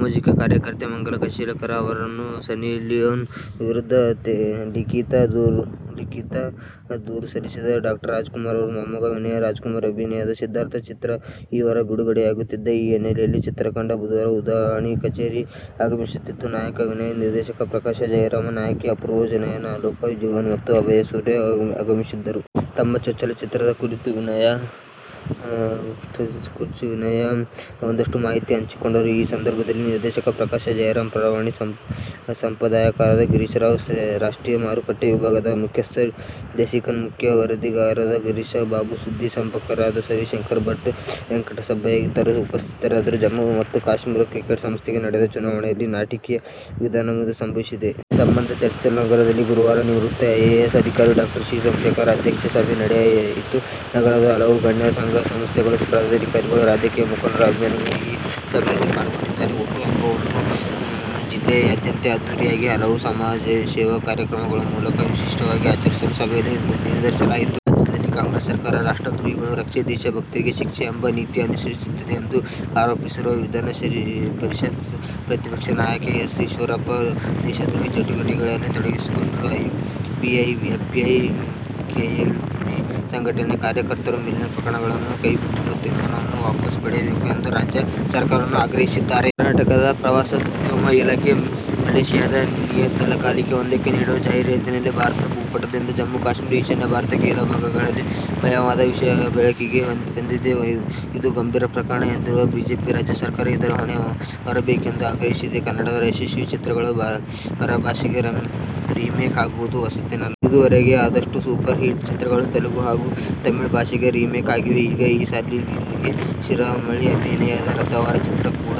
ಸಾಮಾಜಿಕ ಕಾರ್ಯಕರ್ತೆ ಮಂಗಲಾ ಕಶೀಲಕರ ಅವರು ಸನ್ನಿ ಲಿಯೋನ್ ವಿರುದ್ಧ ಲಿಖೀತ ದೂರು ಸಲ್ಲಿಸಿದ್ದಾರೆ. ಡಾ ರಾಜ್ಕುಮಾರ್ ಅವರ ಮೊಮ್ಮಗ ವಿನಯ್ ರಾಜ್ಕುಮಾರ್ ಅಭಿನಯದ "ಸಿದ್ಧಾರ್ಥ' ಚಿತ್ರ ಈ ವಾರ ಬಿಡುಗಡೆಯಾಗುತ್ತಿದೆ. ಈ ಹಿನ್ನೆಲೆಯಲ್ಲಿ ಚಿತ್ರತಂಡ ಬುಧವಾರ "ಉದಯವಾಣಿ' ಕಚೇರಿಗೆ ಆಗಮಿಸಿತ್ತು. ನಾಯಕ ವಿನಯ್, ನಿರ್ದೇಶಕ ಪ್ರಕಾಶ್ ಜಯರಾಮ್, ನಾಯಕಿ ಅಪೂರ್ವ, ನಯನಾ, ಅಲೋಕ್, ಜೀವನ್ ಮತ್ತು ಅಭಯ್ ಸೂರ್ಯ ಆಗಮಿಸಿದ್ದರು. ತಮ್ಮ ಚೊಚ್ಚಲ ಚಿತ್ರದ ಕುರಿತು ವಿನಯ್ ಒಂದಷ್ಟು ಮಾಹಿತಿ ಹಂಚಿಕೊಂಡರು. ಈ ಸಂದರ್ಭದಲ್ಲಿ ನಿರ್ದೇಶಕ ಪ್ರಕಾಶ್ ಜಯರಾಮ್, ಪುರವಣಿ ಸಂಪಾದಕರಾದ ಗಿರೀಶ್ರಾವ್, ರಾಷ್ಟ್ರೀಯ ಮಾರುಕಟ್ಟೆ ವಿಭಾಗದ ಮುಖ್ಯಸ್ಥ ದೇಸಿಕನ್, ಮುಖ್ಯ ವರದಿಗಾರರಾದ ಗಿರೀಶ್ ಬಾಬು, ಸುದ್ದಿ ಸಂಪಾದಕರಾದ ರವಿಶಂಕರ್ ಭಟ್, ವೆಂಕಟಸುಬ್ಬಯ್ಯ ಇತರರು ಉಪಸ್ಥಿತರಿದ್ದರು. ಜಮ್ಮು ಮತ್ತು ಕಾಶ್ಮೀರ ಕ್ರಿಕೆಟ್ ಸಂಸ್ಥೆಗೆ ನಡೆದ ಚುನಾವಣೆಯಲ್ಲಿ ನಾಟಕೀಯ ವಿದ್ಯಮಾನಗಳು ಸಂಭವಿಸಿವೆ. ಈ ಸಂಬಂಧ ಚರ್ಚಿಸಲು ನಗರದಲ್ಲಿ ಗುರುವಾರ ನಿವೃತ್ತ ಐಎಎಸ್ ಅಧಿಕಾರಿ ಡಾ. ಸಿ. ಸೋಮಶೇಖರ್ ಅಧ್ಯಕ್ಷತೆಯಲ್ಲಿ ಸಭೆ ನಡೆಯಿತು. ನಗರದ ಹಲವು ಗಣ್ಯರು, ಸಂಘ-ಸಂಸ್ಥೆಗಳ ಪದಾಧಿಕಾರಿಗಳು, ರಾಜಕೀಯ ಮುಖಂಡರು, ಅಭಿಮಾನಿಗಳು ಈ ಸಭೆಯಲ್ಲಿ ಪಾಲ್ಗೊಂಡಿದ್ದರು. ಹುಟ್ಟುಹಬ್ಬವನ್ನು ಜಿಲ್ಲೆಯಾದ್ಯಂತ ಅದ್ಧೂರಿಯಾಗಿ, ಹಲವು ಸಮಾಜಸೇವಾ ಕಾರ್ಯಕ್ರಮಗಳ ಮೂಲಕ ವಿಶಿಷ್ಟವಾಗಿ ಆಚರಿಸಲು ಸಭೆಯಲ್ಲಿ ನಿರ್ಧರಿಸಲಾಯಿತು. ರಾಜ್ಯದಲ್ಲಿ ಕಾಂಗ್ರೆಸ್ ಸರ್ಕಾರ "ರಾಷ್ಟ್ರ ದ್ರೋಹಿಗಳಿಗೆ ರಕ್ಷೆ-ದೇಶ ಭಕ್ತರಿಗೆ ಶಿಕ್ಷೆ' ಎಂಬ ನೀತಿ ಅನುಸರಿಸುತ್ತಿದೆ ಎಂದು ಆರೋಪಿಸಿರುವ ವಿಧಾನಪರಿಷತ್ ಪ್ರತಿಪಕ್ಷ ನಾಯಕ ಕೆ. ಎಸ್. ಈಶ್ವರಪ್ಪ, ದೇಶದ್ರೋಹಿ ಚಟುವಟಿಕೆಗಳಲ್ಲಿ ತೊಡಗಿಸಿಕೊಂಡಿರುವ ಪಿಎಫ್ಐ, ಕೆಎಫ್ಡಿ ಸಂಘಟನೆಯ ಕಾರ್ಯಕರ್ತರ ಮೇಲಿನ ಪ್ರಕರಣಗಳನ್ನು ಕೈಬಿಟ್ಟಿರುವ ತೀರ್ಮಾನವನ್ನು ವಾಪಸ್ ಪಡೆಯಬೇಕು ಎಂದು ರಾಜ್ಯ ಸರ್ಕಾರವನ್ನು ಆಗ್ರಹಿಸಿದ್ದಾರೆ. ಕರ್ನಾಟಕ ಪ್ರವಾಸೋದ್ಯಮ ಇಲಾಖೆ ಮಲೇಷ್ಯಾದ ನಿಯತಕಾಲಿಕೆ ಒಂದಕ್ಕೆ ನೀಡಿರುವ ಜಾಹೀರಾತಿನಲ್ಲಿ ಭಾರತದ ಭೂಪಟದಿಂದ ಜಮ್ಮು- ಕಾಶ್ಮೀರ, ಈಶಾನ್ಯ ಭಾರತದ ಕೆಲ ಭಾಗಗಳೇ ಮಾಯವಾದ ವಿಷಯ ಬೆಳಕಿಗೆ ಬಂದಿದೆ. ಇದು ಗಂಭೀರ ಪ್ರಕರಣ ಎಂದಿರುವ ಬಿಜೆಪಿ, ರಾಜ್ಯ ಸರ್ಕಾರ ಇದರ ಹೊಣೆ ಹೊರಬೇಕೆಂದು ಆಗ್ರಹಿಸಿದೆ. ಕನ್ನಡದ ಯಶಸ್ವಿ ಚಿತ್ರಗಳು ಪರಭಾಷೆಗೆ ರಿಮೇಕ್ ಆಗುವುದು ಹೊಸತೇನಲ್ಲ. ಇದುವರೆಗೆ ಅದೆಷ್ಟೋ ಸೂಪರ್ ಹಿಟ್ ಚಿತ್ರಗಳು ತೆಲುಗು ಹಾಗು ತಮಿಳು ಭಾಷೆಗೆ ರಿಮೇಕ್ ಆಗಿವೆ. ಈಗ ಆ ಸಾಲಿಗೆ ಶ್ರೀಮುರಳಿ ಅಭಿನಯದ "ರಥಾವರ' ಚಿತ್ರ ಕೂಡ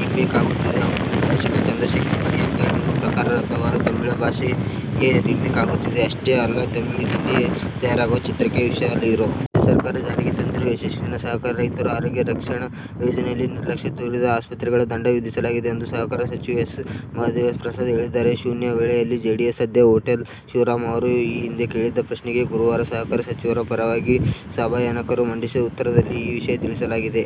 ರಿಮೇಕ್ ಆಗುತ್ತಿದೆ. ಹೌದು, ನಿರ್ದೇಶಕ ಚಂದ್ರಶೇಖರ್ ಬಂಡಿಯಪ್ಪ ಹೇಳುವ ಪ್ರಕಾರ, "ರಥಾವರ' ತಮಿಳು ಭಾಷೆಗೆ ರಿಮೇಕ್ ಆಗುತ್ತಿದೆ. ಅಷ್ಟೇ ಅಲ್ಲ, ತಮಿಳಿನಲ್ಲಿ ತಯಾರಾಗುವ ಚಿತ್ರಕ್ಕೆ ವಿಶಾಲ್ ಹೀರೋ. ರಾಜ್ಯ ಸರ್ಕಾರ ಜಾರಿಗೆ ತಂದಿರುವ ಯಶಸ್ವಿನಿ ಸಹಕಾರ ರೈತರ ಆರೋಗ್ಯ ರಕ್ಷಣಾ ಯೋಜನೆಯಲ್ಲಿ ನಿರ್ಲಕ್ಷ್ಯ ತೋರಿದ ಆಸ್ಪತ್ರೆಗಳಿಗೆ ದಂಡ ವಿಧಿಸಲಾಗಿದೆ ಎಂದು ಸಹಕಾರ ಸಚಿವ ಎಚ್. ಎಸ್. ಮಹದೇವಪ್ರಸಾದ್ ಹೇಳಿದ್ದಾರೆ. ಶೂನ್ಯವೇಳೆಯಲ್ಲಿ ಜೆಡಿಎಸ್ ಸದಸ್ಯ ಪಟೇಲ್ ಶಿವರಾಮ್ ಅವರು ಈ ಹಿಂದೆ ಕೇಳಿದ್ದ ಪ್ರಶ್ನೆಗೆ ಗುರುವಾರ ಸಹಕಾರ ಸಚಿವರ ಪರವಾಗಿ ಸಭಾನಾಯಕರು ಮಂಡಿಸಿದ ಉತ್ತರದಲ್ಲಿ ಈ ವಿಷಯ ತಿಳಿಸಲಾಗಿದೆ.